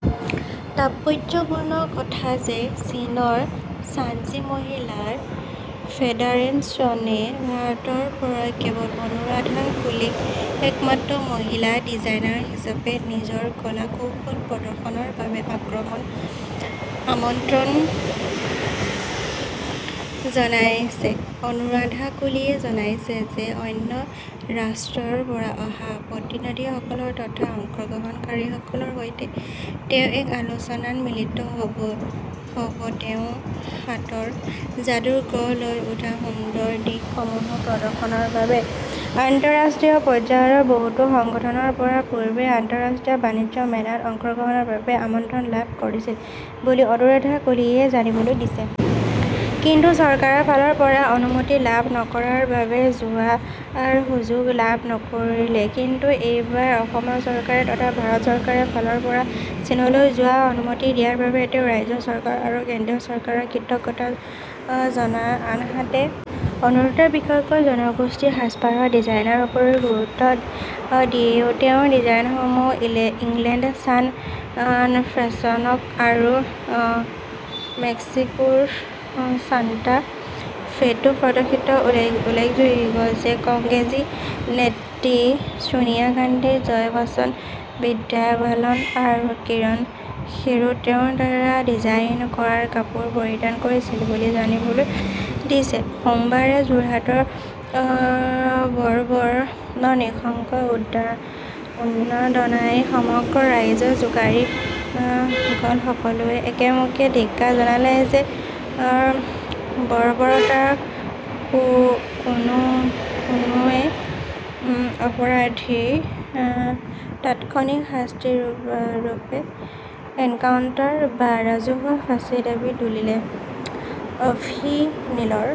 তাৎপৰ্য্যপূৰ্ণ কথা যে চীনৰ চানজি মহিলা ফেডাৰেইশ্যনে ভাৰতৰ পৰা কেৱল অনুৰাধা কুলীক একমাত্ৰ মহিলা ডিজাইনাৰ হিচাপে নিজৰ কলাকৌশল প্ৰদৰ্শনৰ বাবে আমন্ত্ৰণ জনাইছেঅনুৰাধা কুলীয়ে জনায় যে অন্য ৰাষ্ট্ৰৰ পৰা অহা প্ৰতিনিধিসকল তথা অংশগ্ৰহণকাৰীসকলৰ সৈতে তেওঁ এক আলোচনাত মিলিত হবতেওঁৰ হাতৰ যাদুত গঢ় লৈ উঠা সুন্দৰ নিদৰ্শনসমূহ প্ৰদৰ্শনৰ বাবে আন্তঃৰাষ্ট্ৰীয় পৰ্য্যায়ৰ বহুতো সংগঠনৰ পৰা পূৰ্বেও আন্তঃৰাষ্ট্ৰীয় বাণিজ্য মেলাত অংশগ্ৰহণৰ বাবে আমন্ত্ৰণ লাভ কৰিছিল বুলি অনুৰাধা কুলীয়ে জানিবলৈ দিছে। কিন্তু চৰকাৰৰ ফালৰ পৰা অনুমতি লাভ নকৰাৰ বাবে যোৱাৰ সুযোগ লাভ নকৰিলেকিন্তু এইবাৰ অসম চৰকাৰ তথা ভাৰত চৰকাৰৰ ফালৰ পৰা চীনলৈ যোৱাৰ অনুমতি দিয়া বাবে তেওঁ ৰাজ্য চৰকাৰ আৰু কেন্দ্ৰীয় চৰকাৰক কৃতজ্ঞতা জনায়আনহাতে বিশেষকৈ জনগোষ্ঠীয় সাজপাৰৰ ডিজাইনৰ ওপৰত গুৰুত্ব দিয়েতেওঁৰ ডিজাইনসমূহ ইংলেণ্ড চান ফ্ৰেন্সিচক আৰু মেক্সিকোৰ চাণ্টা ফেতো প্ৰদৰ্শিত হৈছেউল্লেখযোগ্য যে কংগ্ৰেছী নেত্ৰী ছোনিয়া গন্ধী জয়া বচ্চন বিদ্যা বালন আৰু কিৰণ খেৰেও তেওঁৰ দ্বাৰা ডিজাইন কৰা কাপোৰ পৰিধান কৰিছিল বুলি জানিবলৈ দিছে সোমবাৰে যোৰহাটৰ বৰ্বৰ নৃশংস উন্মাদনাই সমগ্ৰ ৰাজ্য জোকাৰি গলসকলোৱে একেমুখে ধিক্কাৰ জনালে এনে বৰ্বৰতাককোনোকোনোৱে অপৰাধীৰ তাৎক্ষণিক শাস্তি স্বৰূপে এনকাউণ্টাৰ বা ৰাজহুৱা ফাঁচীৰ দাবী তুলিলে। অভিনীলৰ